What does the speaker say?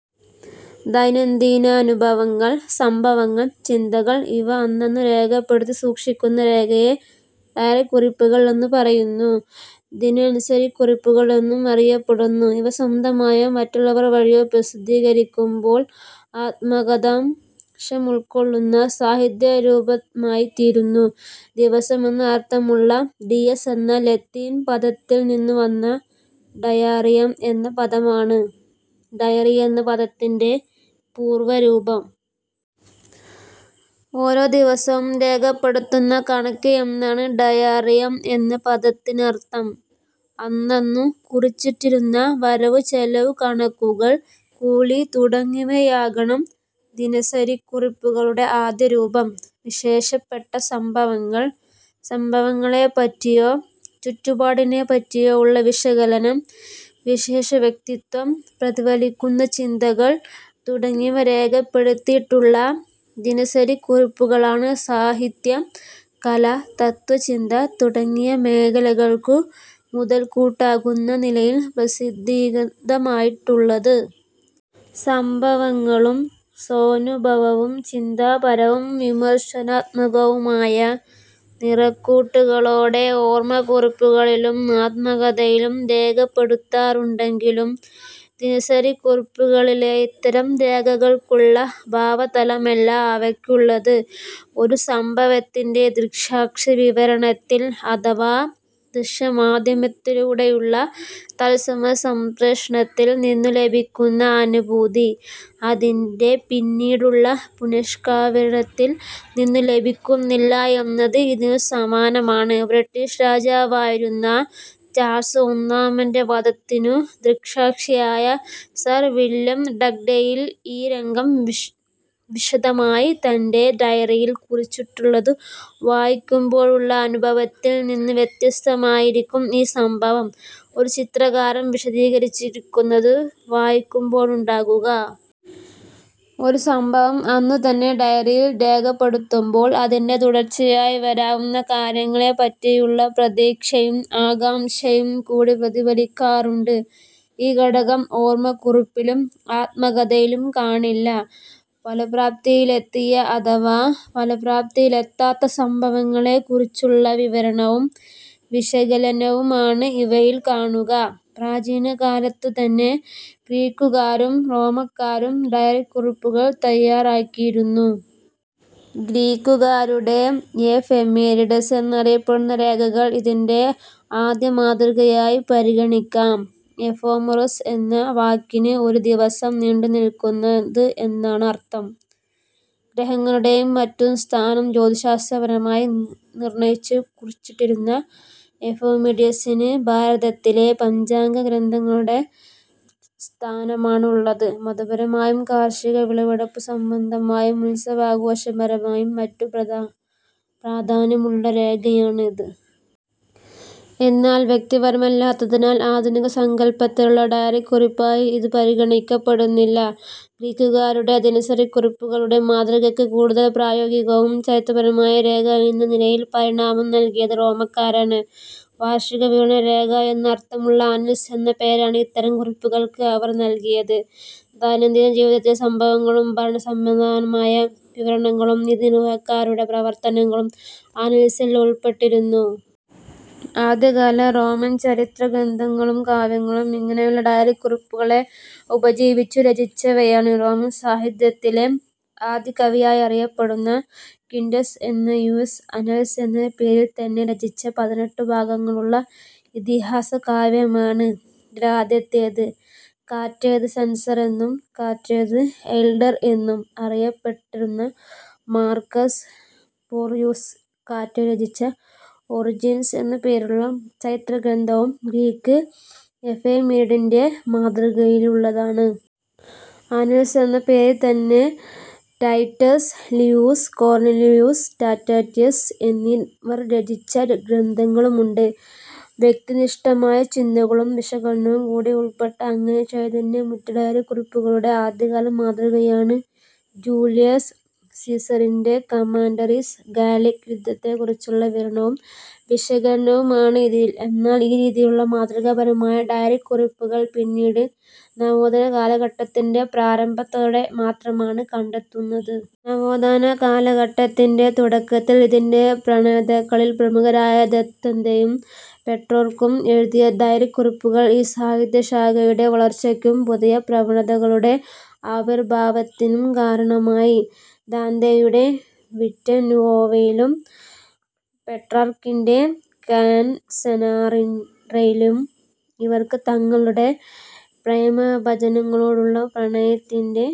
ദൈനംദിനാനുഭവങ്ങൾ, സംഭവങ്ങൾ, ചിന്തകൾ ഇവ അന്നന്നു രേഖപ്പെടുത്തി സൂക്ഷിക്കുന്ന രേഖയെ ഡയറികുറിപ്പുകൾ എന്നു പറയുന്നു. ദിനസരിക്കുറിപ്പുകൾ എന്നും അറിയപ്പെടുന്നു. ഇവ സ്വന്തമായോ മറ്റുള്ളവർ വഴിയോ പ്രസിദ്ധീകരിക്കുമ്പോൾ ആത്മകഥാംശമുൾക്കൊള്ളുന്ന സാഹിത്യരൂപമായിത്തീരുന്നു. ദിവസം എന്ന് അർഥമുള്ള ഡീയസ് എന്ന ലത്തീൻ പദത്തിൽ നിന്നു വന്ന ഡയാറിയം എന്ന പദമാണ് ഡയറി എന്ന പദത്തിന്റെ പൂർവരൂപം. ഓരോ ദിവസവും രേഖപ്പെടുത്തുന്ന കണക്ക് എന്നാണ് ഡയാറിയം എന്ന പദത്തിനർഥം. അന്നന്നു കുറിച്ചിട്ടിരുന്ന വരവു ചെലവു കണക്കുകൾ, കൂലി തുടങ്ങിയവയാകണം ദിനസരിക്കുറിപ്പുകളുടെ ആദ്യ രൂപം. വിശേഷപ്പെട്ട സംഭവങ്ങൾ, സംഭവങ്ങളെപ്പറ്റിയോ ചുറ്റുപാടിനെപ്പറ്റിയോ ഉള്ള വിശകലനം, വിശേഷ വ്യക്തിത്വം പ്രതിഫലിക്കുന്ന ചിന്തകൾ തുടങ്ങിയവ രേഖപ്പെടുത്തിയിട്ടുള്ള ദിനസരിക്കുറിപ്പുകളാണ് സാഹിത്യം, കല, തത്ത്വചിന്ത തുടങ്ങിയ മേഖലകൾക്കു മുതൽക്കൂട്ടാകുന്ന നിലയിൽ പ്രസിദ്ധീകൃതമായിട്ടുള്ളത്. സംഭവങ്ങളും സ്വാനുഭവവും ചിന്താപരവും വിമർശാത്മകവുമായ നിറക്കൂട്ടുകളോടെ ഓർമക്കുറിപ്പുകളിലും ആത്മകഥയിലും രേഖപ്പെടുത്താറുണ്ടെങ്കിലും ദിനസരിക്കുറിപ്പുകളിലെ ഇത്തരം രേഖകൾക്കുള്ള ഭാവതലമല്ല അവയ്ക്കുള്ളത്. ഒരു സംഭവത്തിന്റെ ദൃക്സാക്ഷി വിവരണത്തിൽ, അഥവാ ദൃശ്യമാധ്യമത്തിലൂടെയുള്ള തത്സമയ സംപ്രേഷണത്തിൽ നിന്നു ലഭിക്കുന്ന അനുഭൂതി അതിന്റെ പിന്നീടുള്ള പുനരാവിഷ്കരണത്തിൽ നിന്നു ലഭിക്കുന്നില്ല എന്നത് ഇതിനു സമാനമാണ്. ബ്രിട്ടിഷ് രാജാവായിരുന്ന ചാൾസ് ഒന്നാമന്റെ വധത്തിനു ദൃക്സാക്ഷിയായ സർ വില്യം ഡഗ്ഡെയിൽ ഈ രംഗം വിശദമായി തന്റെ ഡയറിയിൽ കുറിച്ചിട്ടതു വായിക്കുമ്പോഴുള്ള അനുഭവത്തിൽ നിന്ന് വ്യത്യസ്തമായിരിക്കും ഈ സംഭവം ഒരു ചരിത്രകാരൻ വിശദീകരിച്ചിരിക്കുന്നതു വായിക്കുമ്പോഴുണ്ടാകുക. ഒരു സംഭവം അന്നു തന്നെ ഡയറിയിൽ രേഖപ്പെടുത്തുമ്പോൾ അതിന്റെ തുടർച്ചയായി വരാവുന്ന കാര്യങ്ങളെപ്പറ്റിയുള്ള പ്രതീക്ഷയും ആകാംക്ഷയും കൂടി പ്രതിഫലിക്കാറുണ്ട്. ഈ ഘടകം ഓർമക്കുറിപ്പിലും ആത്മകഥയിലും കാണില്ല. ഫലപ്രാപ്തിയിലെത്തിയ അഥവാ ഫലപ്രാപ്തിയിലെത്താത്ത സംഭവങ്ങളെക്കുറിച്ചുള്ള വിവരണവും വിശകലനവുമാണ് ഇവയിൽ കാണുക. പ്രാചീന കാലത്തു തന്നെ ഗ്രീക്കുകാരും റോമാക്കാരും ഡയറിക്കുറിപ്പുകൾ തയ്യാറാക്കിയിരുന്നു. ഗ്രീക്കുകാരുടെ എഫെമെരിഡെസ് എന്നറിയപ്പെടുന്ന രേഖകൾ ഇതിന്റെ ആദ്യമാതൃകയായി പരിഗണിക്കാം. എഫെമെറോസ് എന്ന വാക്കിന് ഒരു ദിവസം നീണ്ടു നിൽക്കുന്നത് എന്നാണർഥം. ഗ്രഹങ്ങളുടെയും മറ്റും സ്ഥാനം ജ്യോതിശ്ശാസ്ത്രപരമായി നിർണയിച്ചു കുറിച്ചിട്ടിരുന്ന എഫെമെരിഡെസിന് ഭാരതത്തിലെ പഞ്ചാംഗ ഗ്രന്ഥങ്ങളുടെ സ്ഥാനമാണുള്ളത്. മതപരമായും കാർഷിക വിളവെടുപ്പു സംബന്ധമായും ഉത്സവാഘോഷപരമായും മറ്റും പ്രാധാന്യമുള്ള രേഖയാണ് ഇത്. എന്നാൽ വ്യക്തിപരമല്ലാത്തതിനാൽ ആധുനിക സങ്കല്പത്തിലുള്ള ഡയറിക്കുറിപ്പായി ഇത് പരിഗണിക്കപ്പെടുന്നില്ല. ഗ്രീക്കുകാരുടെ ദിനസരിക്കുറിപ്പുകളുടെ മാതൃകയ്ക്ക് കൂടുതൽ പ്രായോഗികവും ചരിത്രപരവുമായ രേഖ എന്ന നിലയിൽ പരിണാമം നൽകിയത് റോമാക്കാരാണ്. വാർഷിക വിവരണ രേഖ എന്നർഥമുള്ള അനൽസ് എന്ന പേരാണ് ഇത്തരം കുറിപ്പുകൾക്ക് അവർ നൽകിയത്. ദൈനംദിന ജീവിതത്തിലെ സംഭവങ്ങളും ഭരണസംബന്ധമായ വിവരണങ്ങളും നീതിനിർവാഹകരുടെ പ്രവർത്തനങ്ങളും അനൽസിൽ ഉൾപ്പെട്ടിരുന്നു. ആദ്യകാല റോമൻ ചരിത്ര ഗ്രന്ഥങ്ങളും കാവ്യങ്ങളും ഇങ്ങനെയുള്ള ഡയറിക്കുറിപ്പുകളെ ഉപജീവിച്ചു രചിച്ചവയാണ്. റോമൻ സാഹിത്യത്തിലെ ആദികവിയായറിയപ്പെടുന്ന ക്വിന്റസ് എന്നിയുസ് അനൽസ് എന്ന പേരിൽത്തന്നെ രചിച്ച പതിനെട്ടു ഭാഗങ്ങളുള്ള ഇതിഹാസ കാവ്യമാണ് ഇതിലാദ്യത്തേത്. കറ്റൊ ദ് സെൻസർ എന്നും കറ്റൊ ദ് എൽഡർ എന്നും അറിയപ്പെട്ടിരുന്ന മാർകസ് പോർസിയുസ് കറ്റൊ രചിച്ച ഒറിജിൻസ് എന്ന പേരിലുള്ള ചരിത്രഗ്രന്ഥവും ഗ്രീക്ക് എഫെമെരിഡെസിന്റെ മാതൃകയിലുള്ളതാണ്. അനൽസ് എന്ന പേരിൽത്തന്നെ റ്റൈറ്റസ് ലിയൂസ്, കോർണേലിയൂസ് റ്റാസിറ്റസ് എന്നിവർ രചിച്ച ഗ്രന്ഥങ്ങളുമുണ്ട്. വ്യക്തിനിഷ്ഠമായ ചിന്തകളും വിശകലനവും കൂടി ഉൾപ്പെട്ട, അങ്ങനെ ചൈതന്യമുറ്റ ഡയറിക്കുറിപ്പുകളുടെ ആദ്യകാല മാതൃകയാണ് ജൂലിയസ് സീസറിന്റെ കമന്ററീസ്. ഗാലിക് യുദ്ധത്തെക്കുറിച്ചുള്ള വിവരണവും വിശകലനവുമാണ് ഇതിൽ. എന്നാൽ ഈ രീതിയിലുള്ള മാതൃകാപരമായ ഡയറിക്കുറിപ്പുകൾ പിന്നീട് നവോത്ഥാനകാലഘട്ടത്തിന്റെ പ്രാരംഭത്തോടെ മാത്രമാണ് കണ്ടെത്തുന്നത്. നവോത്ഥാന കാലഘട്ടത്തിന്റെ തുടക്കത്തിൽ ഇതിന്റെ പ്രണേതാക്കളിൽ പ്രമുഖരായ ദാന്തെയും പെട്രാർക്കും എഴുതിയ ഡയറിക്കുറിപ്പുകൾ ഈ സാഹിത്യശാഖയുടെ വളർച്ചയ്ക്കും പുതിയ പ്രവണതകളുടെ ആവിർഭാവത്തിനും കാരണമായി. ദാന്തെയുടെ വിറ്റ നുഒവ യിലും പെട്രാർക്കിന്റെ കൻസൊനീറെ യിലും ഇവർക്ക് തങ്ങളുടെ പ്രേമഭാജനങ്ങളോടുള്ള പ്രണയത്തിന്റെ